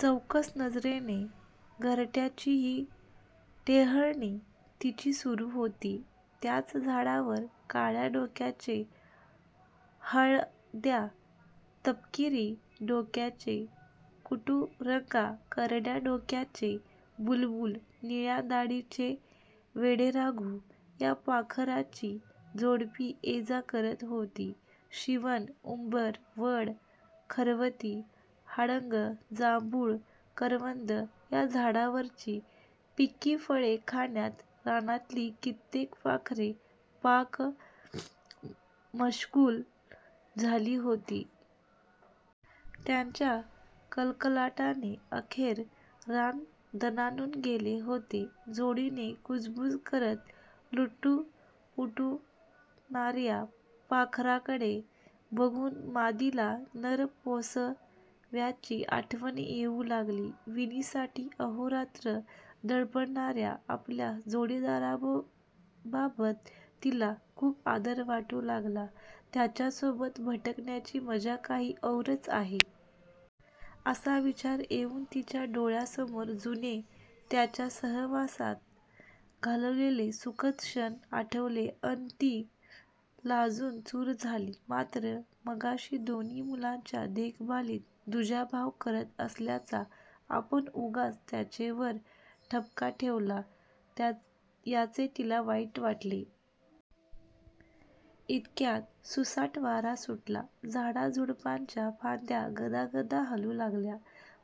चौकस नजरेने घरटय़ाचीही टेहळणी तिची सुरू होती. त्याच झाडावर काळया डोक्याचे हळद्या, तपकिरी डोक्याचे कुटूरगा, करडय़ा डोक्याचे बुलबुल, निळया दाढीचे वेडेराघू या पाखरांची जोडपी ये-जा करत होती. शिवण, उंबर, वड, खरवती, हाडंग, जांभूळ, करवंद या झाडावरची पिक्की फळे खाण्यात रानांतली कित्येक पाखरे पाक मश्गुल झाली होती. त्यांच्या कलकलाटाने अखेर रान दणाणून गेले होते. जोडीने कुजबुज करत लुटपूटणार्या पाखरांकडे बघून मादीला नर पोसव्याची आठवण येऊ लागली. विणीसाठी अहोरात्र धडपडणार्या आपल्या जोडीदाराबाबत तिला खूप आदर वाटू लागला, '-त्याच्यासोबत भटकण्याची मजा काही औरच आहे. ' -असा विचार येऊन तिच्या डोळ्यांसमोर जुने त्याच्या सहवासात घालवलेले सुखद क्षण आठवले अन् ती लाजून चूर झाली. मात्र मघाशी दोन्ही मुलांच्या देखभालीत दुजाभाव करत असल्याचा आपण उगाच त्याचेवर ठपका ठेवला याचे तिला वाईट वाटले. इतक्यात सुसाट वारा सुटला. झाडाझुडपांच्या फांद्या गदागदा हलू लागल्या.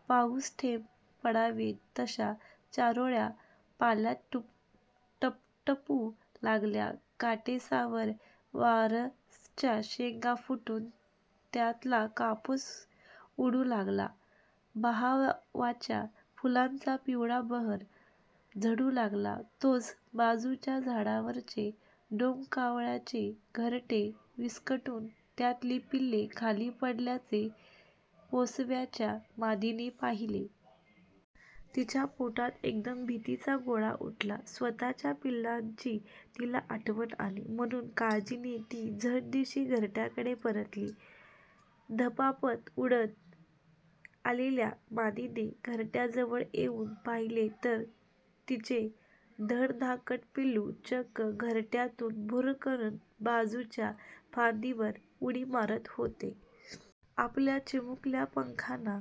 पाऊसथेंब पडावेत तशा चारोळया पाल्यात टपटपू लागल्या. काटेसावर, वारसच्या शेंगा फुटून त्यातला कापूस उडू लागला. बहावाच्या फुलांचा पिवळा बहर झडू लागला. तोच बाजूच्या झाडावरचे डोमकावळ्याचे घरटे विस्कटून त्यातली पिल्ले खाली पडल्याचे पोसव्याच्या मादीने पाहिले. तिच्या पोटात एकदम भीतीचा गोळा उठला. स्वतःच्या पिलांची तिला आठवण आली. म्हणून काळजीने ती झट्दिशी घरटय़ाकडे परतली. धपापत उडत आलेल्या मादीने घरट्याजवळ येऊन पाहिले तर तिचे धडधाकट पिलू चक्क घरटय़ातून भुर्रकन बाजूच्या फांदीवर उडी मारत होते. आपल्या चिमुकल्या पंखांना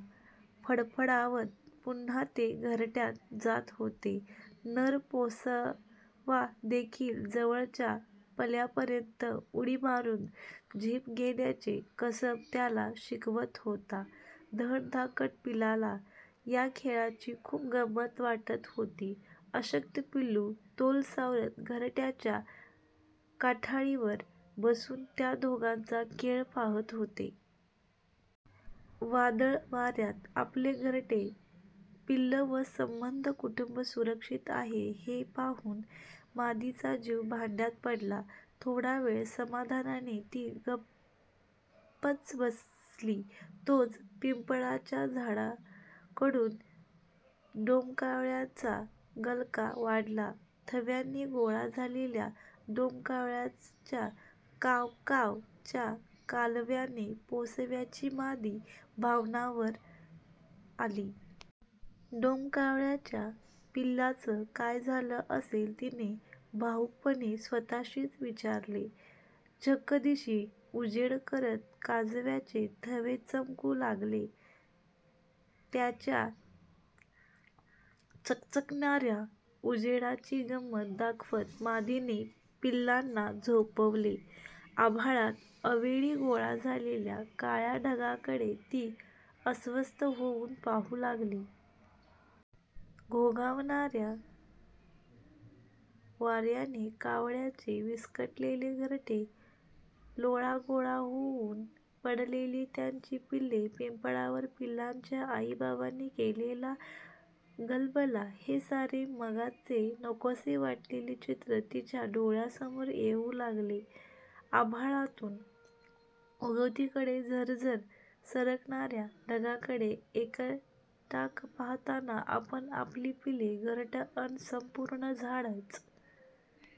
फडफडावत पुन्हा ते घरटय़ात जात होते. नर पोसवा देखील जवळच्या पल्यापर्यंत उडी मारून झेप घेण्याचे कसब त्याला शिकवत होता. धडधाकट पिलाला या खेळाची खूप गंमत वाटत होती. अशक्त पिलू तोल सावरत घरटय़ाच्या काठाळीवर बसून त्या दोघांचा खेळ पाहत होते. वादळवार्यात आपले घरटे, पिल्लं व सबंध कुटुंब सुरक्षित आहे हे पाहून मादीचा जीव भांडय़ात पडला. थोडावेळ समाधानाने ती गप्प्च बसली. तोच पिंपळाच्या झाडाकडून डोमकावळ्यांचा गलका वाढला. थव्यांनी गोळा झालेल्या डोमकावळ्यांच्या काव.... काव.... च्या कालव्याने पोसव्याची मादी भानावर आली. "डोमकावळ्यांच्या पिल्लांचं काय झालं असेल? " तिने भावुकपणे स्वतःशीच विचारले. चक्कदिशी उजेड करत काजव्यांचे थवे चमकू लागले. त्यांच्या चक्चक्णार्या उजेडाची गंमत दाखवत मादीने पिलांना झोपवले. आभाळात अवेळी गोळा झालेल्या काळ्या ढगांकडे ती अस्वस्थ होऊन पाहू लागली. घोंघावणार्या वार्याने कावळयांचे विस्कटलेले घरटे.. लोळागोळा होऊन पडलेली त्यांची पिले.. पिंपळावर पिलांच्या आईबाबांनी केलेला गलबला.. हे सारे मघाचे नकोसे वाटलेले चित्र तिच्या डोळ्यांसमोर येऊ लागले. आभाळातून उगवतीकडे झरझर सरकणार्या ढगांकडे एकटाक पाहताना आपण.. आपली पिले... घरटं अन संपूर्ण झाडच